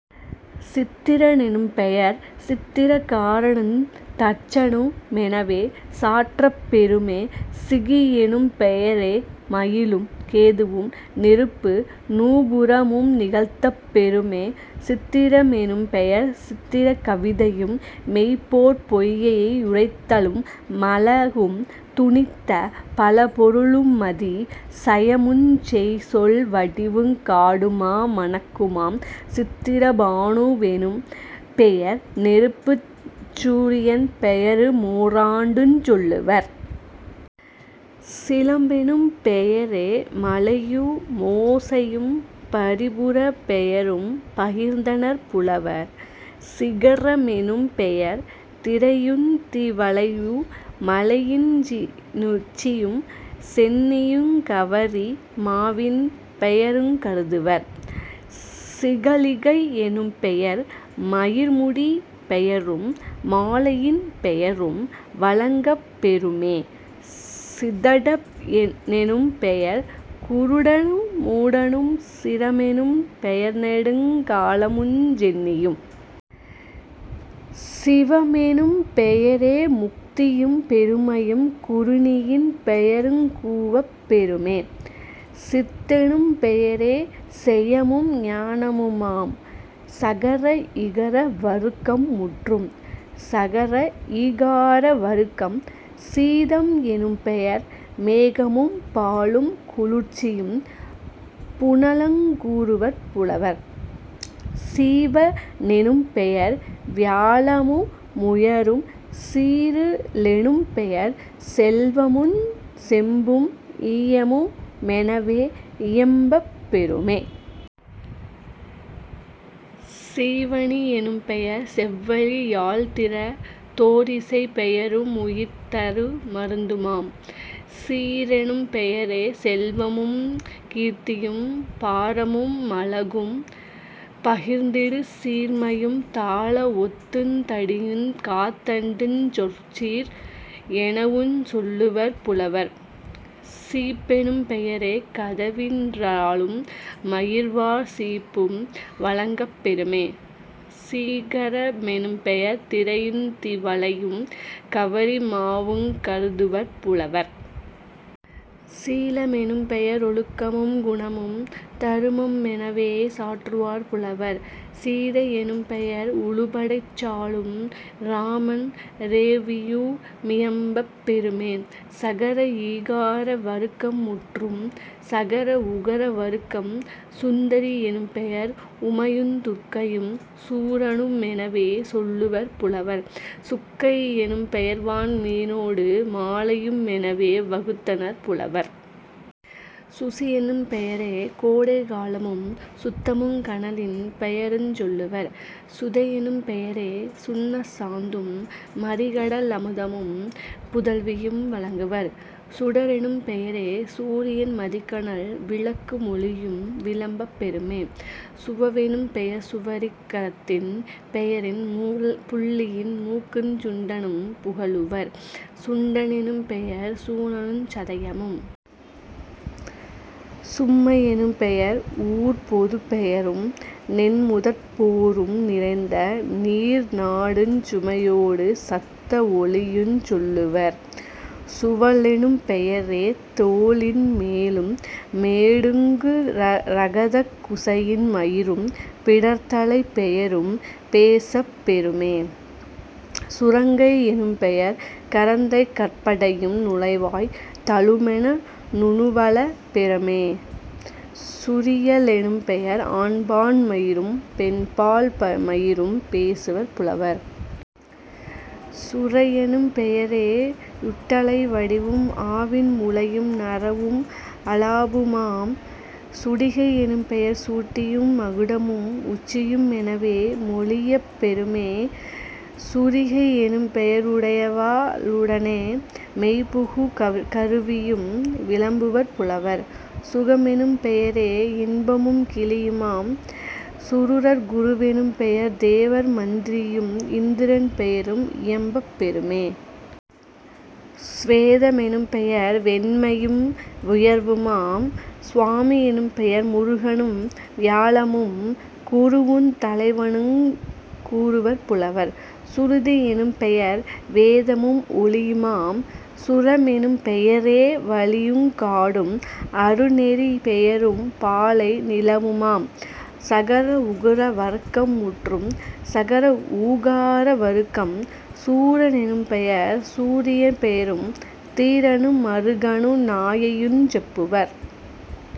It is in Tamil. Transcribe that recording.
சித்திர னெனும்பெயர் சித்திர காரனுந் தச்சனு மெனவே சாற்றப் பெறுமே..... சிகியெனும் பெயரே மயிலும் கேதுவும் நெருப்பு நூபுரமு நிகழ்த்தப் பெறுமே..... சித்திர மெனும்பெயர் சித்திர கவிதையும் மெய்போற் பொய்யை யுரைத்தலு மழகும் துணித்த பலபொரு ளுமதி சயமுஞ் செய்சொல் வடிவுங் காடுமா மணக்குமாம்..... சித்திர பானு வெனும்பெயர் நெருப்புஞ் சூரியன் பெயரு மோராண்டுஞ் சொல்லுவர்..... சிலம்பெனும் பெயரே மலையு மோசையும் பரிபுரப் பெயரும் பகர்ந்தனர் புலவர்..... சிகர மெனும்பெயர் திரையுந் திவலையு। மலையி னுச்சியும் சென்னியுங் கவரி மாவின் பெயருங் கருதுவர்..... சிகழிகை யெனும்பெயர் மயிர்முடிப் பெயரும் மாலையின் பெயரும் வழங்கப் பெறுமே..... சிதட னெனும்பெயர் குருடனு மூடனும்..... சிரமெனும் பெயர்நெடுங் காலமுஞ் சென்னியும்..... சிவமெனும் பெயரே முத்தியும் பெருமையும் குறுணியின் பெயருங் கூவப் பெறுமே..... சித்தெனும் பெயரே செயமும் ஞானமுமாம்..... சகர இகர வருக்கம் முற்றும். சகர ஈகார வருக்கம் சீதம் எனும்பெயர் மேகமும் பாலும் குளிர்ச்சியும் புனலுங் கூறுவர் புலவர்..... சீவ னெனும்பெயர் வியாழமு முயிரும்..... சீரு ளெனும்பெயர் செல்வமுஞ் செம்பும் ஈயமு மெனவே இயம்பப் பெறுமே..... சீவனி யெனும்பெயர் செவ்வழி யாழ்த்திறத் தோரிசைப் பெயரு முயிர்தரு மருந்துமாம்..... சீரெனும் பெயரே செல்வமுங் கீர்த்தியும் பாரமு மழகும் பகர்ந்திடு சீர்மையும் தாள வொத்துந் தடியுங் காத்தண்டுஞ் சொற்சீர் எனவுஞ் சொல்லுவர் புலவர்..... சீப்பெனும் பெயரே கதவின் றாழும் மயிர்வார் சீப்பும் வழங்கப் பெறுமே..... சீகர மெனும்பெயர் திரையுந் திவலையும் கவரி மாவுங் கருதுவர் புலவர்..... சீல மெனும்பெய ரொழுக்கமுங் குணமும் தருமமு மெனவே சாற்றுவர் புலவர்..... சீதை யெனும்பெயர் உழுபடைச் சாலும் இராமன் றேவியு மியம்பப் பெறுமே..... சகர ஈகார வருக்கம் முற்றும். சகர உகர வருக்கம் சுந்தரி யெனும்பெயர் உமையுந் துர்க்கையும் சூரனு மெனவே சொல்லுவர் புலவர்..... சுக்கை யெனும்பெ யர்வான் மீனொடு மாலையு மெனவே வகுத்தனர் புலவர்..... சுசியெனும் பெயரே கோடைக் காலமும் சுத்தமுங் கனலின் பெயருஞ் சொல்லுவர்..... சுதையெனும் பெயரே சுண்ணச் சாந்தும் மறிகட லமுதமும் புதல்வியும் வழங்குவர்..... சுடரெனும் பெயரே சூரியன் மதிகனல் விளக்கு மொளியும் விளம்பப் பெறுமே..... சுவவெனும் பெயர்சுவர்க் கத்தின் பெயரும் புள்ளின் மூக்குஞ் சுண்டனும் புகலுவர்..... சுண்ட னெனும்பெயர் சூரனுஞ் சதையமும்..... சும்மை யெனும்பெயர் ஊர்ப்பொதுப் பெயரும் நென்முதற் போரும் நிறைந்த நீர்நாடுஞ் சுமையோடு சத்த வொலியுஞ் சொல்லுவர்..... சுவலெனும் பெயரே தோளின் மேலும் மேடுங் குரகதக் குசையின் மயிரும் பிடர்த்தலைப் பெயரும் பேசப் பெறுமே..... சுருங்கை யெனும்பெயர் கரந்த கற்படையும் நுழைவாய் தலுமென நுவலப் பெறுமே..... சுரிய லெனும்பெயர் ஆண்பான் மயிரும் பெண்பால் மயிரும் பேசுவர் புலவர்..... சுரையெனும் பெயரே யுட்டுளை வடிவும் ஆவின் முலையும் நறவும் அலாபுமாம்..... சுடிகை யெனும்பெயர் சுட்டியு மகுடமும் உச்சியு மெனவே மொழியப் பெறுமே..... சுரிகை யெனும்பெய ருடைவா ளுடனே மெய்புகு கருவியும் விளம்புவர் புலவர்..... சுகமெனும் பெயரே யின்பமுங் கிளியுமாம்..... சுரர்குரு வெனும்பெயர் தேவர் மந்திரியும் இந்திரன் பெயரும் இயம்பப் பெறுமே..... சுவேத மெனும்பெயர் வெண்மையும் வெயர்வுமாம்..... சுவாமி யெனும்பெயர் முருகனும் வியாழமும் குருவுந் தலைவனுங் கூறுவர் புலவர்..... சுருதி யெனும்பெயர் வேதமும் ஒலியுமாம்..... சுரமெனும் பெயரே வழியுங் காடும் அருநெறிப் பெயரும் பாலை நிலமுமாம்..... சகர உகர வருக்கம் முற்றும். சகர ஊகார வருக்கம் சூர னெனும்பெயர் சூரியன் பெயரும் தீரனு மருகனு நாயையுஞ் செப்புவர்.